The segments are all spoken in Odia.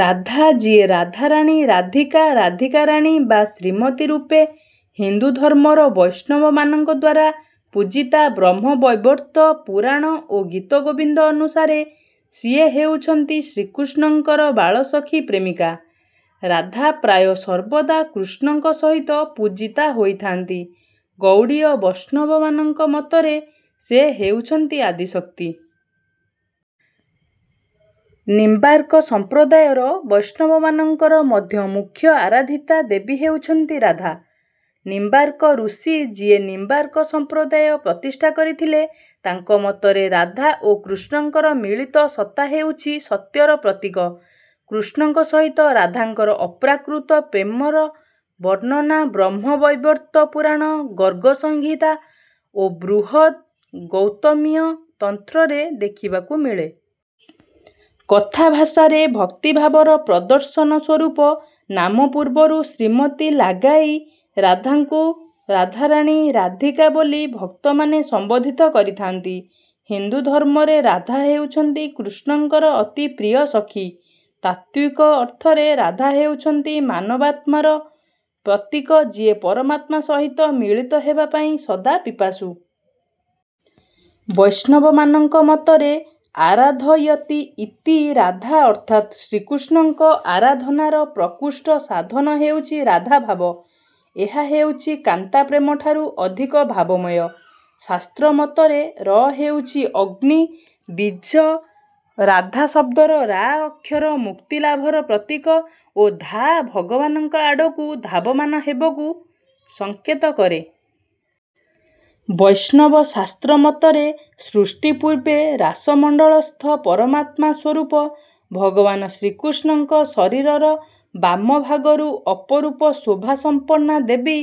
ରାଧା ଯିଏ ରାଧାରାଣୀ ରାଧିକା ରାଧୀକାରାଣୀ ବା ଶ୍ରୀମତୀ ରୂପେ ହିନ୍ଦୁଧର୍ମର ବୈଷ୍ଣବମାନଙ୍କଦ୍ୱାରା ପୂଜିତା ବ୍ରହ୍ମ ବୈବର୍ତ ପୁରାଣ ଓ ଗୀତ ଗୋବିନ୍ଦ ଅନୁସାରେ ସିଏ ହେଉଛନ୍ତି ଶ୍ରୀକୃଷ୍ଣଙ୍କର ବାଳସଖି ପ୍ରେମିକା। ରାଧା ପ୍ରାୟ ସର୍ବଦା କୃଷ୍ଣଙ୍କ ସହିତ ପୂଜିତା ହୋଇଥାନ୍ତି। ଗୌଡ଼ୀୟ ବୈଷ୍ଣବମାନଙ୍କ ମତରେ ସେ ହେଉଛନ୍ତି ଆଦିଶକ୍ତି। ନିମ୍ବାର୍କ ସମ୍ପ୍ରଦାୟର ବୈଷ୍ଣବମାନଙ୍କର ମଧ୍ୟ ମୂଖ୍ୟ ଆରାଧିତା ଦେବୀ ହେଉଛନ୍ତି ରାଧା। ନିମ୍ବାର୍କ ଋଷି ଯିଏ ନିମ୍ବାର୍କ ସମ୍ପ୍ରଦାୟ ପ୍ରତିଷ୍ଠା କରିଥିଲେ ତାଙ୍କ ମତରେ ରାଧା ଓ କୃଷ୍ଣଙ୍କର ମିଳିତ ସତ୍ତା ହେଉଛି ସତ୍ୟର ପ୍ରତୀକ। କୃଷ୍ଣଙ୍କ ସହିତ ରାଧାଙ୍କର ଅପ୍ରାକୃତ ପ୍ରେମର ବର୍ଣ୍ଣନା ବ୍ରହ୍ମ ବୈବର୍ତ ପୁରାଣ ଗର୍ଗ ସଂହିତା ଓ ବୃହଦ୍ ଗୌତମୀୟ ତନ୍ତ୍ରରେ ଦେଖିବାକୁ ମିଳେ। କଥାଭାଷାରେ ଭକ୍ତିଭାବର ପ୍ରଦର୍ଶନ ସ୍ୱରୂପ ନାମ ପୂର୍ବରୁ ଶ୍ରୀମତୀ ଲାଗାଇ ରାଧାଙ୍କୁ ରାଧାରାଣୀ ରାଧିକା ବୋଲି ଭକ୍ତମାନେ ସମ୍ବୋଧିତ କରିଥାନ୍ତି। ହିନ୍ଦୁଧର୍ମରେ ରାଧା ହେଉଛନ୍ତି କୃଷ୍ଣଙ୍କର ଅତିପ୍ରିୟ ସଖି। ତାତ୍ୱିକ ଅର୍ଥରେ ରାଧା ହେଉଛନ୍ତି ମାନବାତ୍ମାର ପ୍ରତୀକ ଯିଏ ପରମାତ୍ମା ସହିତ ମିଳିତ ହେବାପାଇଁ ସଦା ପିପାସୁ। ବୈଷ୍ଣବମାନଙ୍କ ମତରେ ଆରାଧୟତି ଇତି ରାଧା ଅର୍ଥାତ ଶ୍ରୀକୃଷ୍ଣଙ୍କ ଆରାଧନାର ପ୍ରକୃଷ୍ଟ ସାଧନ ହେଉଛି ରାଧା ଭାବ। ଏହା ହେଉଛି କାନ୍ତା ପ୍ରେମଠାରୁ ଅଧିକ ଭାବମୟ। ଶାସ୍ତ୍ର ମତରେ ର ହେଉଛି ଅଗ୍ନି ବୀଜ ରାଧା ଶବ୍ଦର ରା ଅକ୍ଷର ମୁକ୍ତିଲାଭର ପ୍ରତୀକ ଓ ଧା ଭଗବାନଙ୍କ ଆଡକୁ ଧାବମାନ ହେବକୁ ସଙ୍କେତ କରେ। ବୈଷ୍ଣବ ଶାସ୍ତ୍ର ମତରେ ସୃଷ୍ଟି ପୂର୍ବେ ରାସମଣ୍ଡଳସ୍ଥ ପରମାତ୍ମା ସ୍ୱରୂପ ଭଗବାନ ଶ୍ରୀକୃଷ୍ଣଙ୍କ ଶରୀରର ବାମ ଭାଗରୁ ଅପରୂପ ଶୋଭା ସମ୍ପନ୍ନା ଦେବୀ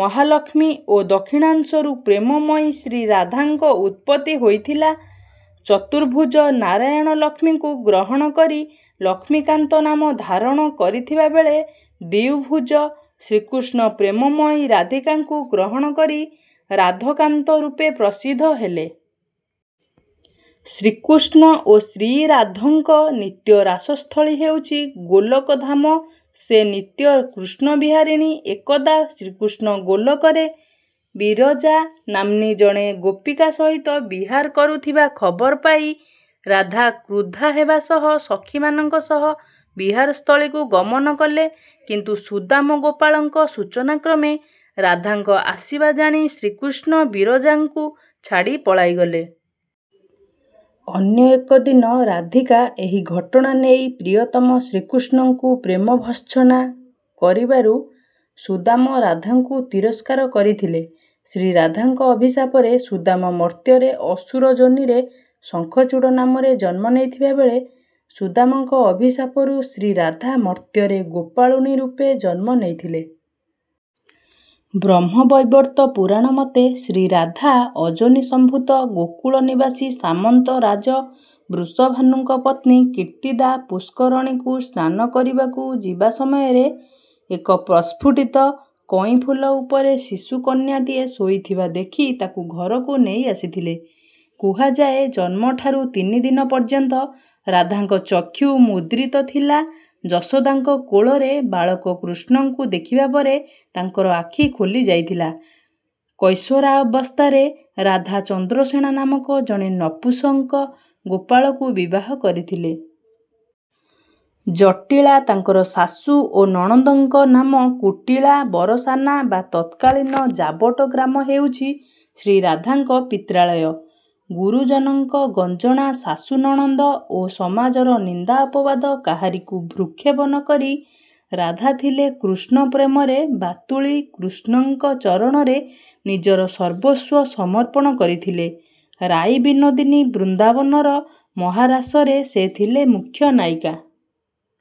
ମହାଲକ୍ଷ୍ମୀ ଓ ଦକ୍ଷିଣାଂଶରୁ ପ୍ରେମମୟୀ ଶ୍ରୀରାଧାଙ୍କ ଉତ୍ପତ୍ତି ହୋଇଥିଲା ଚତୁର୍ଭୁଜ ନାରାୟଣ ଲକ୍ଷ୍ମୀଙ୍କୁ ଗ୍ରହଣ କରି ଲକ୍ଷ୍ମୀକାନ୍ତ ନାମ ଧାରଣ କରିଥିବା ବେଳେ ଦ୍ୱିଭୁଜ ଶ୍ରୀକୃଷ୍ଣ ପ୍ରେମମୟୀ ରାଧିକାଙ୍କୁ ଗ୍ରହଣ କରି ରାଧକାନ୍ତ ରୂପେ ପ୍ରସିଦ୍ଧ ହେଲେ। ଶ୍ରୀକୃଷ୍ଣ ଓ ଶ୍ରୀରାଧଙ୍କ ନିତ୍ୟ ରାସସ୍ଥଳୀ ହେଉଛି ଗୋଲୋକ ଧାମ ସେ ନିତ୍ୟ କୃଷ୍ଣ ବିହାରିଣୀ ଏକଦା ଶ୍ରୀକୃଷ୍ଣ ଗୋଲୋକରେ ବିରଜା ନାମ୍ନୀ ଜଣେ ଗୋପୀକା ସହିତ ବିହାର କରୁଥିବା ଖବର ପାଇ ରାଧା କ୍ରୁଧା ହେବା ସହ ସଖିମାନଙ୍କ ସହ ବିହାରସ୍ଥଳୀକୁ ଗମନ କଲେ କିନ୍ତୁ ସୁଦାମ ଗୋପାଳଙ୍କ ସୂଚନାକ୍ରମେ ରାଧାଙ୍କ ଆସିବା ଜାଣି ଶ୍ରୀକୃଷ୍ଣ ବିରଜାଙ୍କୁ ଛାଡି ପଳାଇଗଲେ। ଅନ୍ୟ ଏକଦିନ ରାଧିକା ଏହି ଘଟଣା ନେଇ ପ୍ରିୟତମ ଶ୍ରୀକୃଷ୍ଣଙ୍କୁ ପ୍ରେମ ଭର୍ତ୍ସନା କରିବାରୁ ସୁଦାମ ରାଧାଙ୍କୁ ତିରସ୍କାର କରିଥିଲେ ଶ୍ରୀରାଧାଙ୍କ ଅଭିଶାପରେ ସୁଦାମ ମର୍ତ୍ତ୍ୟରେ ଅସୁର ଯୋନିରେ ଶଙ୍ଖଚୂଡ଼ ନାମରେ ଜନ୍ମ ନେଇଥିବା ବେଳେ ସୁଦାମଙ୍କ ଅଭିଶାପରୁ ଶ୍ରୀରାଧା ମର୍ତ୍ତ୍ୟରେ ଗୋପାଳୁଣୀ ରୂପେ ଜନ୍ମ ନେଇଥିଲେ। ବ୍ରହ୍ମବୈବର୍ତ୍ତ ପୁରାଣ ମତେ ଶ୍ରୀରାଧା ଅଯୋନି ସମ୍ଭୂତ ଗୋକୁଳ ନିବାସୀ ସାମନ୍ତ ରାଜ ବୃଷଭାନୁଙ୍କ ପତ୍ନୀ କୀର୍ତ୍ତିଦା ପୁଷ୍କରଣୀକୁ ସ୍ନାନ କରିବାକୁ ଯିବା ସମୟରେ ଏକ ପ୍ରସ୍ଫୁଟିତ କଇଁ ଫୁଲ ଉପରେ ଶିଶୁକନ୍ୟାଟିଏ ଶୋଇଥିବା ଦେଖି ତାକୁ ଘରକୁ ନେଇ ଆସିଥିଲେ। କୁହାଯାଏ ଜନ୍ମଠାରୁ ତିନିଦିନ ପର୍ଯ୍ୟନ୍ତ ରାଧାଙ୍କ ଚକ୍ଷୁ ମୁଦ୍ରିତ ଥିଲା ଯଶୋଦାଙ୍କ କୋଳରେ ବାଳକ କୃଷ୍ଣଙ୍କୁ ଦେଖିବା ପରେ ତାଙ୍କର ଆଖି ଖୋଲିଯାଇଥିଲା କୈଶୋରାବସ୍ଥାରେ ରାଧା ଚନ୍ଦ୍ରସେଣା ନାମକ ଜଣେ ନପୁସଂକ ଗୋପାଳଙ୍କୁ ବିବାହ କରିଥିଲେ। ଜଟିଳା ତାଙ୍କର ଶାଶୁ ଓ ନଣନ୍ଦଙ୍କ ନାମ କୁଟିଳା ବରସାନା ବା ତତ୍କାଳୀନ ଯାବଟ ଗ୍ରାମ ହେଉଛି ଶ୍ରୀରାଧାଙ୍କ ପିତ୍ରାଳୟ। ଗୁରୁଜନଙ୍କ ଗଞ୍ଜଣା ଶାଶୁ ନଣନ୍ଦ ଓ ସମାଜର ନିନ୍ଦା ଅପବାଦ କାହାରିକୁ ଭ୍ରୂକ୍ଷେପ ନକରି ରାଧା ଥିଲେ କୃଷ୍ଣପ୍ରେମରେ ବାତୁଳୀ କୃଷ୍ଣଙ୍କ ଚରଣରେ ନିଜର ସର୍ବସ୍ୱ ସମର୍ପଣ କରିଥିଲେ ରାଇ ବିନୋଦିନୀ ବୃନ୍ଦାବନର ମହାରାସରେ ସେ ଥିଲେ ମୁଖ୍ୟ ନାୟିକା।